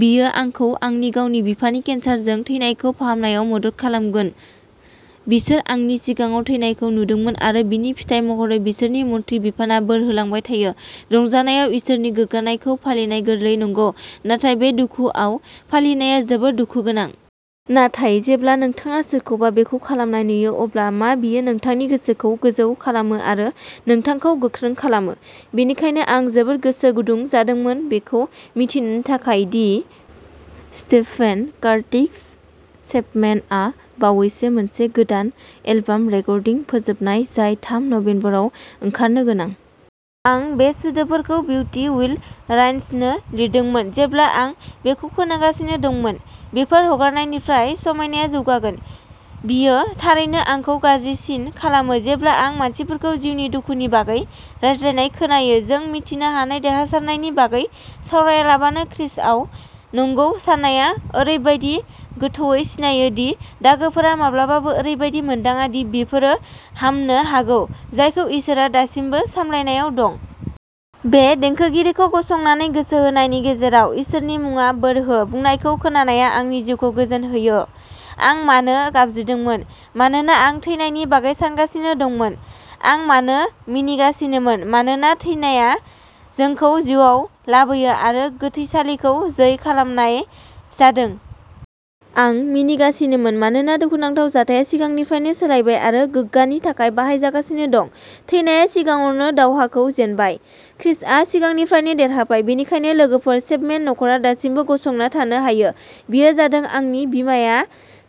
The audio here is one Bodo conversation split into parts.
बेयो आंखौ आंनि गावनि बिफानि केन्सारजों थैनायखौ फाहामनायाव मदद खालामगोन। बिसोर आंनि सिगाङाव थैनायखौ नुदोंमोन आरो बिनि फिथाइ महरै बिसोरनि मन्थ्रि बिफाना बोर होलांबाय थायो। रंजानायाव इसोरनि गोग्गानायखौ फालिनाया गोरलै नंगौ। नाथाय बे दुखुआव फालिनाया जोबोद दुखु गोनां। नाथाय जेब्ला नोंथाङा सोरखौबा बेखौ खालामनाय नुयो अब्ला मा बेयो नोंथांनि गोसोखौ गोजौ खालामो आरो नोंथांखौ गोख्रों खालामो? बेनिखायनो आं जोबोद गोसो गुदुं जादोंमोन बेखौ मिथिनो थाखाय दि स्टेभेन कार्टिस चेपमेनआ बावैसो मोनसे गोदान एलबाम रेकर्डिं फोजोबबाय जाय थाम नबेम्बर आव ओंखारनो गोनां। आं बे सोदोबफोरखौ बिउटि विल राइजनो लिरदोंमोन जेब्ला आं बेखौ खोनागासिनो दंमोन। बेफोर हांगारनिफ्राय समायनाया जौगागोन। बेयो थारैनो आंखौ गाज्रिसिन खालामो जेब्ला आं मानसिफोरखौ जिउनि दुखुनि बागै रायज्लायनाय खोनायो जों मिथिनो हानाय देरहासारनायनि बागै सावरायालाबानो ख्रीष्टआव नंगौ सानाया ओरैबादि गोथौवै सिनायो दि दागोफोरा माब्लाबाबो ओरैबादि मोनदाङा दि बेफोरो हामनो हागौ जायखौ इसोरआ दासिमबो सामलायनायाव दं। बे देंखोगिरिखौ गसंनानै गोसो होनायनि गेजेराव "इसोरनि मुङा बोर हो" बुंनायखौ खोनानाया आंनि जिउखौ गोजोन होयो। आं मानो गाबज्रिदोंमोन? मानोना आं थैनायनि बागै सानगासिनो दंमोन। आं मानो मिनिगासिनोमोन? मानोना थैनाया जोंखौ जिउआव लाबोयो आरो गोथैसालिखौ जै खालामनाय जादों। आं मिनिगासिनोमोन मानोना दुखुनांथाव जाथाया सिगांनिफ्रायनो सोलायबाय आरो गोग्गानि थाखाय बाहायजागासिनो दं। थैनाया सिगाङावनो दावहाखौ जेनबाय। ख्रीष्टआ सिगांनिफ्रायनो देरहाबाय। बेनिखायनो लोगोफोर चेपमेन न'खरा दासिमबो गसंना थानो हायो। बेयो जादों आंनि बिमाया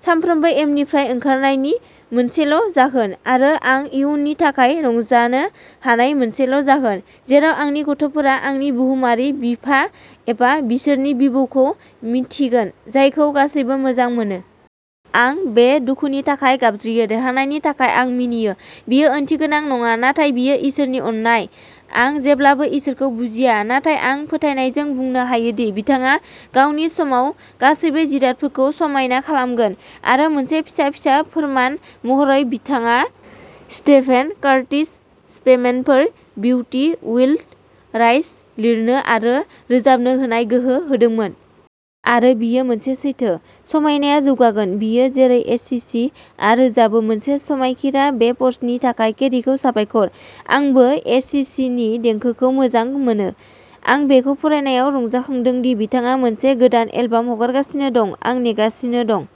सानफ्रोमबो एमनिफ्राय ओंखारनायनि मोनसेल' जाहोन आरो आं इयुननि थाखाय रंजानो हानाय मोनसेल' जाहोन जेराव आंनि गथ'फोरा आंनि बुहुमारि बिफा एबा बिसोरनि बिबौखौ मिन्थिगोन जायखौ गासैबो मोजां मोनो। आं बे दुखुनि थाखाय गाबज्रियो। देरहानायनि थाखाय आं मिनियो। बेयो ओंथिगोनां नङा नाथाय बेयो इसोरनि अननाय। आं जेब्लाबो इसोरखौ बुजिया नाथाय आं फोथायनायजों बुंनो हायोदि बिथाङा गावनि समाव गासैबो जिरादफोरखौ समायना खालामगोन आरो मोनसे फिसा फिसा फोरमान महरै बिथाङा स्टेभेन कार्टिस चेपमेननो बिउटि उइल राइज लिरनो आरो रोजाबनो हानाय गोहो होदोंमोन। आरो बेयो मोनसे सैथो। समायनाया जौगागोन। बेयो, जेरै एस. सि. सि. आ रोजाबो "मोनसे समायखिरा" बे पस्टनि थाखाय केरिखौ साबायखर। आंबो एस. सि. सि. नि देंखोखौ मोजां मोनो। आं बेखौ फरायनायाव रंजाखांदों दि बिथाङा मोनसे गोदान एलबाम हगारगासिनो दं। आं नेगासिनो दं।